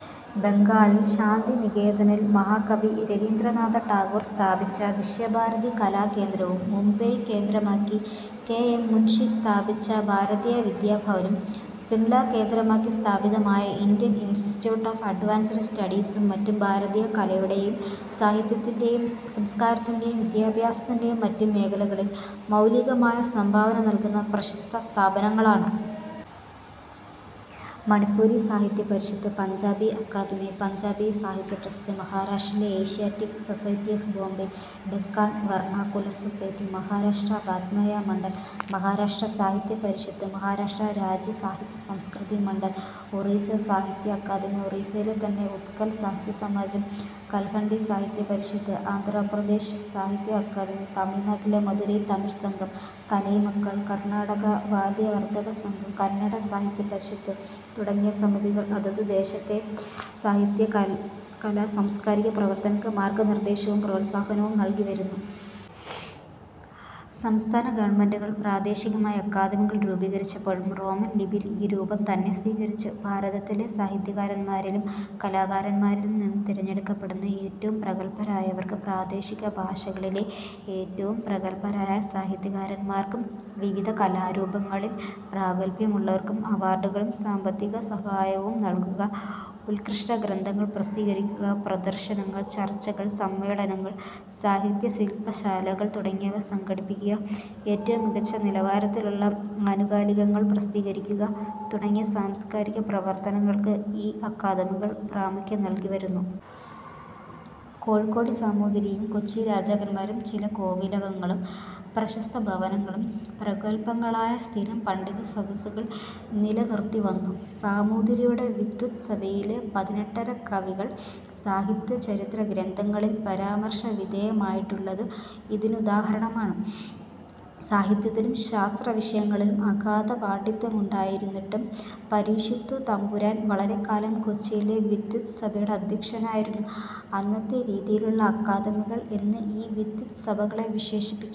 ബംഗാളിൽ ശാന്തിനികേതനിൽ മഹാകവി രബീന്ദ്രനാഥ ടാഗോർ സ്ഥാപിച്ച വിശ്വഭാരതി കലാകേന്ദ്രവും മുംബൈ കേന്ദ്രമാക്കി കെ. എം. മുൻഷി സ്ഥാപിച്ച ഭാരതീയവിദ്യാഭവനും സിംല കേന്ദ്രമാക്കി സ്ഥാപിതമായ ഇന്ത്യൻ ഇൻസ്റ്റിറ്റ്യൂട്ട് ഒഫ് അഡ്വാൻസ്ഡ് സ്റ്റഡീസും മറ്റും ഭാരതീയ കലയുടെയും സാഹിത്യത്തിന്റെയും സംസ്കാരത്തിന്റെയും വിദ്യാഭ്യാസത്തിന്റെയും മറ്റും മേഖലകളിൽ മൌലികമായ സംഭാവന നല്കുന്ന പ്രശസ്ത സ്ഥാപനങ്ങളാണ്. മണിപ്പുരി സാഹിത്യപരിഷത്, പഞ്ചാബി അക്കാദമി, പഞ്ചാബി സാഹിത്യ ട്രസ്റ്റ്, മഹാരാഷ്ട്രയിലെ Asiatic society of Bombay, Deccan vernacular society, Maharashtra വാങ്മയ മണ്ഡൽ, മഹാരാഷ്ട്ര സാഹിത്യപരിഷത്, മഹാരാഷ്ട്ര രാജ്യ സാഹിത്യസംസ്കൃതി മണ്ഡൽ, ഒറീസ സാഹിത്യ അക്കാദമി, ഒറീസയിലെ തന്നെ ഉത്കൽ സാഹിത്യസമാജം, കല്ഹൻഡി സാഹിത്യപരിഷത്, ആന്ധ്രാപ്രദേശ് സാഹിത്യ അക്കാദമി, തമിഴ്നാട്ടിലെ മധുരൈ തമിഴ് സംഘം, കലൈമകൾ, കർണാടക വിദ്യാവർധകസംഘം, കന്നഡ സാഹിത്യപരിഷത് തുടങ്ങിയ സമിതികൾ അതതു ദേശത്തെ സാഹിത്യകലാ സാംസ്കാരിക പ്രവർത്തനങ്ങൾക്കു മാർഗനിർദ്ദേശവും പ്രോത്സാഹനവും നല്കി വന്നു. സംസ്ഥാന ഗവൺമെന്റുകൾ പ്രാദേശികമായി അക്കാദമികൾ രൂപീകരിച്ചപ്പോഴും റോമൻ ലിപിയിൽ ഈ രൂപം തന്നെ സ്വീകരിച്ചു. ഭാരതത്തിലെ സാഹിത്യകാരന്മാരിലും കലാകാരന്മാരിലും നിന്നു തെരഞ്ഞെടുക്കപ്പെടുന്ന ഏറ്റവും പ്രഗല്ഭരായവർക്കും പ്രാദേശിക ഭാഷകളിലെ ഏറ്റവും പ്രഗല്ഭരായ സാഹിത്യകാരന്മാർക്കും വിവിധ കലാരൂപങ്ങളിൽ പ്രാഗല്ഭ്യമുള്ളവർക്കും അവാർഡുകളും സാമ്പത്തിക സഹായവും നല്കുക; ഉത്കൃഷ്ട ഗ്രന്ഥങ്ങൾ പ്രസിദ്ധീകരിക്കുക; പ്രദർശനങ്ങൾ, ചർച്ചകൾ, സമ്മേളനങ്ങൾ, സാഹിത്യശില്പശാലകൾ തുടങ്ങിയവ സംഘടിപ്പിക്കുക; ഏറ്റവും മികച്ച നിലവാരത്തിലുള്ള ആനുകാലികങ്ങൾ പ്രസിദ്ധീകരിക്കുക തുടങ്ങിയ സാംസ്കാരിക പ്രവർത്തനങ്ങൾക്ക് ഈ അക്കാദമികൾ പ്രാമുഖ്യം നല്കി വരുന്നു. കോഴിക്കോടു സാമൂതിരിയും കൊച്ചി രാജാക്കന്മാരും ചില കോവിലകങ്ങളും പ്രശസ്ത ഭവനങ്ങളും പ്രഗല്ഭങ്ങളായ സ്ഥിരം പണ്ഡിതസദസ്സുകൾ നിലനിറുത്തിവന്നു. സാമൂതിരിയുടെ വിദ്വത്സഭയിലെ പതിനെട്ടരക്കവികൾ സാഹിത്യചരിത്രഗ്രന്ഥങ്ങളിൽ പരാമർശ വിധേയമായിട്ടുള്ളത് ഇതിനുദാഹരണമാണ്. സാഹിത്യത്തിലും ശാസ്ത്രവിഷയങ്ങളിലും അഗാധ പാണ്ഡിത്യമുണ്ടായിരുന്ന പരീക്ഷിത്തുതമ്പുരാൻ വളരെക്കാലം കൊച്ചിയിലെ വിദ്വത്സഭയുടെ അധ്യക്ഷനായിരുന്നു. അന്നത്തെ രീതിയിലുള്ള അക്കാദമികൾ എന്ന് ഈ വിദ്വത്സഭകളെയും വിശേഷിപ്പിക്കാം.